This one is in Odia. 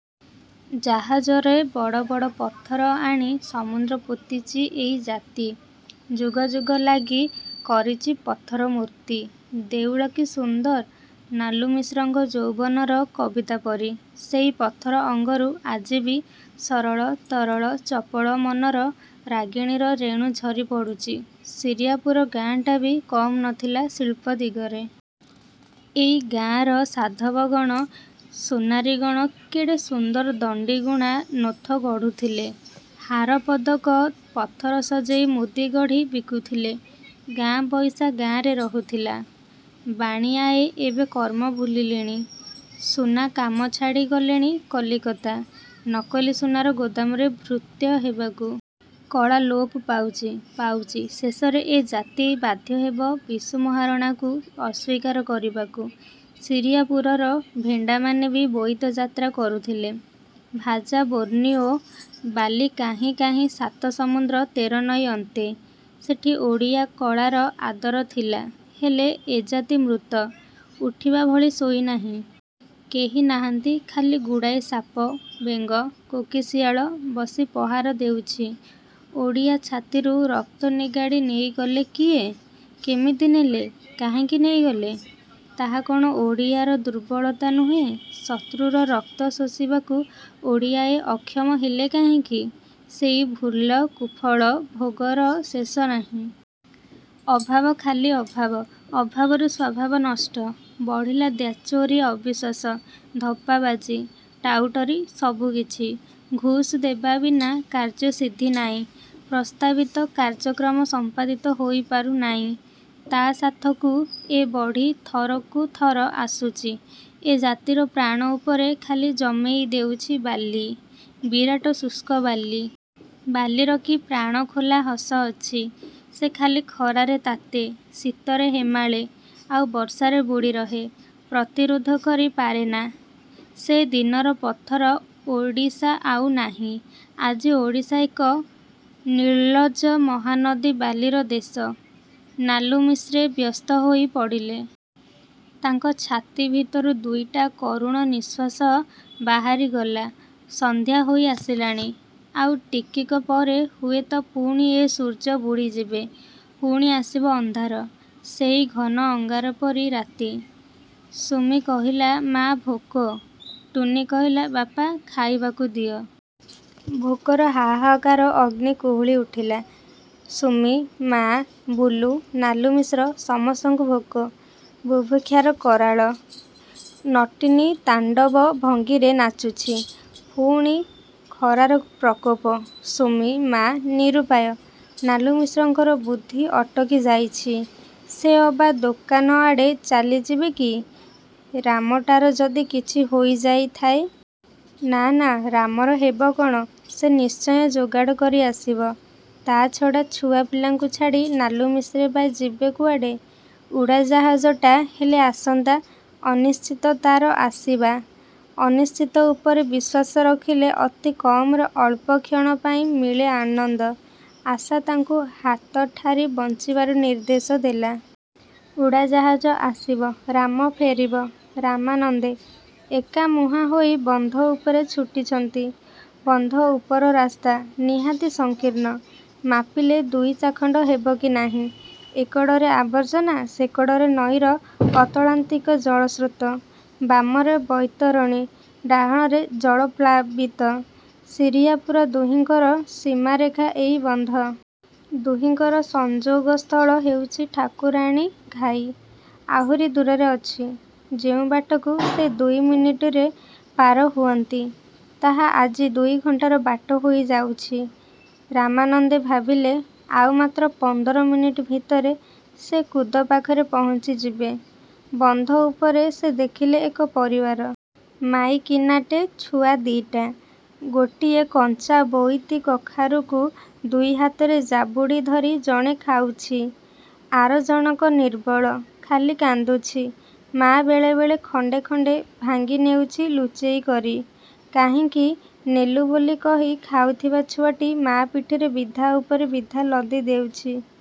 ଜାହାଜରେ ବଡ଼ ବଡ଼ ପଥର ଆଣି ସମୁଦ୍ର ପୋତିଚି ଏଇଜାତି। ଯୁଗ ଯୁଗ ଲାଗି କରିଚି ପଥର–ମୂର୍ତ୍ତି। ଦେଉଳ, କି ସୁନ୍ଦର! ନାଲୁମିଶ୍ରଙ୍କ ଯୌବନର କବିତା ପରି, ସେଇ ପଥର ଅଙ୍ଗରୁ, ଆଜି ବି, ସରଳ–ତରଳ–ଚପଳ ମନର ରାଗିଣୀର ରେଣୁ ଝରି ପଡ଼ୁଚି। ଶିରିଆପୁର ଗାଁଟା ବି କମ୍ ନ ଥିଲା ଶିଳ୍ପ ଦିଗରେ। ଏଇ ଗାଁର ସାଧବଗଣ, ସୁନାରୀଗଣ କେଡ଼େ ସୁନ୍ଦର ଦଣ୍ଡିଗୁଣା ନୋଥ ଗଢ଼ୁଥିଲେ। ହାର ପଦକ, ପଥର ସଜେଇ ମୁଦିଗଢ଼ି ବିକୁଥିଲେ। ଗାଁ ପଇସା ଗାଁରେ ରହୁଥିଲା। ବାଣିଆଏ ଏବେ କର୍ମ ଭୁଲିଲେଣି। ସୁନା କାମ ଛାଡ଼ି ଗଲେଣି କଲିକତା, ନକଲି ସୁନାର ଗୋଦାମରେ ଭୃତ୍ୟ ହେବାକୁ। କଳା ଲୋପ ପାଉଚି, ପାଉଚି; ଶେଷରେ ଏଜାତି ବାଧ୍ୟହେବ ବିଶୁ ମହାରଣାକୁ ଅସ୍ୱୀକାର କରିବାକୁ। ଶିରିଆପୁରର ଭେଣ୍ଡାମାନେ ବି ବୋଇତ ଯାତ୍ରା କରୁଥିଲେ–ଜାଭା ବୋର୍ଣ୍ଣିଓ, ବାଲି କାହିଁ କାହିଁ ସାତ ସମୁଦ୍ର ତେରନଈ ଅନ୍ତେ। ସେଠି ଓଡ଼ିଆ କଳାର ଆଦରଥିଲା। ହେଲେ ଏଜାତି ମୃତ। ଉଠିବା ଭଳି ଶୋଇନାହିଁ। କେହି ନାହାନ୍ତି ଖାଲି ଗୁଡ଼ାଏ ସାପ, ବେଙ୍ଗ, କୋକିଶିଆଳ ବସି ପହରା ଦେଉଚି। ଓଡ଼ିଆ ଛାତିରୁ ରକ୍ତ ନିଗାଡ଼ି ନେଇଗଲେ କିଏ? କେମିତି ନେଲେ? କାହିଁକି ନେଇଗଲେ? ତାହା କଣ ଓଡ଼ିଆର ଦୁର୍ବଳତା ନୁହେଁ? ଶତ୍ରୁର ରକ୍ତ ଶୋଷିବାକୁ ଓଡ଼ିଆଏ ଅକ୍ଷମ ହେଲେ କାହିଁକି? ସେଇ ଭୁଲ୍ର କୁଫଳ ଭୋଗର ଶେଷ ନାହିଁ। ଅଭାବ, ଖାଲି ଅଭାବ। ଅଭାବରୁ ସ୍ୱଭାବ ନଷ୍ଟ। ବଢ଼ିଲା ଦ୍ୱାଚୋରୀ ଅବିଶ୍ୱାସ, ଧପ୍ପାବାଜି, ଟାଉଟରୀ ସବୁକିଛି। ଘୁସ୍ ଦେବା ବିନା କାର୍ଯ୍ୟସିଦ୍ଧି ନାଇଁ। ପ୍ରସ୍ତାବିତ କାର୍ଯ୍ୟକ୍ରମ ସଂପାଦିତ ହୋଇପାରୁ ନାଇଁ। ତା ସାଥକୁ ଏ ବଢ଼ି ଥରକୁ ଥର ଆସୁଚି। ଏ ଜାତିର ପ୍ରାଣ ଉପରେ ଖାଲି ଜମେଇ ଦେଉଛି ବାଲି, ବିରାଟ ଶୁଷ୍କବାଲି। ବାଲିର କି ପ୍ରାଣଖୋଲା ହସ ଅଛି। ସେ ଖାଲି ଖରାରେ ତାତେ, ଶୀତରେ ହେମାଳେ, ଆଉ ବର୍ଷାରେ ବୁଡ଼ି ରହେ। ପ୍ରତିରୋଧ କରି ପାରେନା। ସେ ଦିନର ପଥର ଓଡ଼ିଶା ଆଉ ନାହିଁ। ଆଜି ଓଡ଼ିଶା ଏକ ନିର୍ଲ୍ଲଜ ମହାନଦୀ ବାଲିର ଦେଶ। ନାଲୁମିଶ୍ରେ–ବ୍ୟସ୍ତ ହୋଇ ପଡ଼ିଲେ। ତାଙ୍କ ଛାତି ଭିତରୁ ଦୁଇଟା କରୁଣ ନିଃଶ୍ୱାସ ବାହାରିଗଲା। ସଂଧ୍ୟା ହୋଇ ଆସିଲାଣି। ଆଉ ଟିକକ ପରେ ହୁଏତ ପୁଣି ଏ ସୂର୍ଯ୍ୟ ବୁଡ଼ିଯିବେ। ପୁଣି ଆସିବ ଅନ୍ଧାର, ସେଇ ଘନ ଅଙ୍ଗାର ପରି ରାତି। ସୁମି କହିଲା–ମା' ଭୋକ। ଟୁନୀ କହିଲା ବାପା, ଖାଇବାକୁ ଦିଅ। ଭୋକର ହାହାକାର ଅଗ୍ନି କୁହୁଳି ଉଠିଲା। ସୁମି-ମା, ବୁଲୁ, ନାଲୁମିଶ୍ର ସମସ୍ତଙ୍କୁ ଭୋକ। ବୁଭୁକ୍ଷାର କରାଳ ନଟୀନୀ ତାଣ୍ଡବ ଭଙ୍ଗୀରେ ନାଚୁଛି। ପୁଣି, ଖରାର ପ୍ରକୋପ। ସୁମି-ମା, ନିରୁପାୟ। ନାଲୁମିଶ୍ରଙ୍କର ବୁଦ୍ଧି ଅଟକି ଯାଇଛି। ସେ ଅବା ଦୋକାନଆଡ଼େ ଚାଲିଯିବେ କି? ରାମଟାର ଯଦି କିଛି ହୋଇଯାଇଥାଏ? ନା ନା ରାମର ହେବ କ'ଣ–ସେ ନିଶ୍ଚୟ ଯୋଗାଡ଼ କରି ଆସିବ। ତା'ଛଡ଼ା ଛୁଆପିଲାଙ୍କୁ ଛାଡ଼ି ନାଲୁମିଶ୍ରେ ବା ଯିବେ କୁଆଡ଼େ? ଉଡ଼ାଜାହାଜଟା ହେଲେ ଆସନ୍ତା। ଅନିଶ୍ଚିତ ତା'ର ଆସିବା।। ଅନିଶ୍ଚିତ ଉପରେ ବିଶ୍ୱାସ ରଖିଲେ ଅତି କମରେ ଅଳ୍ପକ୍ଷଣପାଇଁ ମିଳେ ଆନନ୍ଦ। ଆଶା ତାଙ୍କୁ ହାତଠାରି ବଞ୍ଚିବାର ନିର୍ଦ୍ଦେଶ ଦେଲା। ଉଡ଼ାଜାହାଜ ଆସିବ। ରାମ ଫେରିବ। ରାମାନନ୍ଦେ। ଏକମୁହାଁ ହୋଇ ବନ୍ଧ ଉପରେ ଛୁଟିଛନ୍ତି। ବନ୍ଧ ଉପର ରାସ୍ତା, ନିହାତି ସଂକୀର୍ଣ୍ଣ। ମାପିଲେ ଦୁଇ ଚାଖଣ୍ଡ ହେବ କି ନାହିଁ। ଏ କଡ଼ରେ ଆବର୍ଜ୍ଜନା, ସେ କଡ଼ରେ ନଈର ଅତଳାନ୍ତିକ ଜଳସ୍ରୋତ। ବାମରେ ବୈତରଣୀ, ଡାହାଣରେ ଜଳପ୍ଳାବିତ ଶିରିଆପୁର ଦୁହିଙ୍କର ସୀମାରେଖା ଏଇ ବନ୍ଧ। ଦୁହିଙ୍କର ସଂଯୋଗସ୍ଥଳ ହେଉଚି ଠାକୁରାଣୀ ଘାଇ, ଆହୁରି ଦୂରରେ ଅଛି-। ଯେଉଁ ବାଟକୁ ସେ ଦୁଇ ମିନିଟରେ ପାର ହୁଅନ୍ତି, ତାହା ଆଜି ଦୁଇଘଣ୍ଟାର ବାଟ ହୋଇଯାଉଛି। ରାମାନନ୍ଦେ ଭାବିଲେ–ଆଉ ମାତ୍ର ପନ୍ଦର ମିନିଟ୍ ଭିତରେ ସେ କୁଦ ପାଖରେ ପହଞ୍ଚିଯିବେ। ବନ୍ଧ ଉପରେ ସେ ଦେଖିଲେ ଏକ ପରିବାର। ମାଇକିନାଟେ ଛୁଆ ଦି'ଟା। ଗୋଟିଏ କଞ୍ଚା ବୋଇତିକଖାରୁକୁ ଦୁଇ ହାତରେ ଜାବୁଡ଼ି ଧରି ଜଣେ ଖାଉଛି। ଆରଜଣକ ନିର୍ବଳ। ଖାଲି କାନ୍ଦୁଛି। ମା' ବେଳେବେଳେ ଖଣ୍ଡେ ଖଣ୍ଡେ ଭାଙ୍ଗି ନେଉଛି ଲୁଚେଇ କରି। କାହିଁକି ନେଲୁ ବୋଲି କହି ଖାଉଥିବା ଛୁଆଟି ମା' ପିଠିରେ ବିଧା ଉପରେ ବିଧା ଲଦି ଦେଉଛି।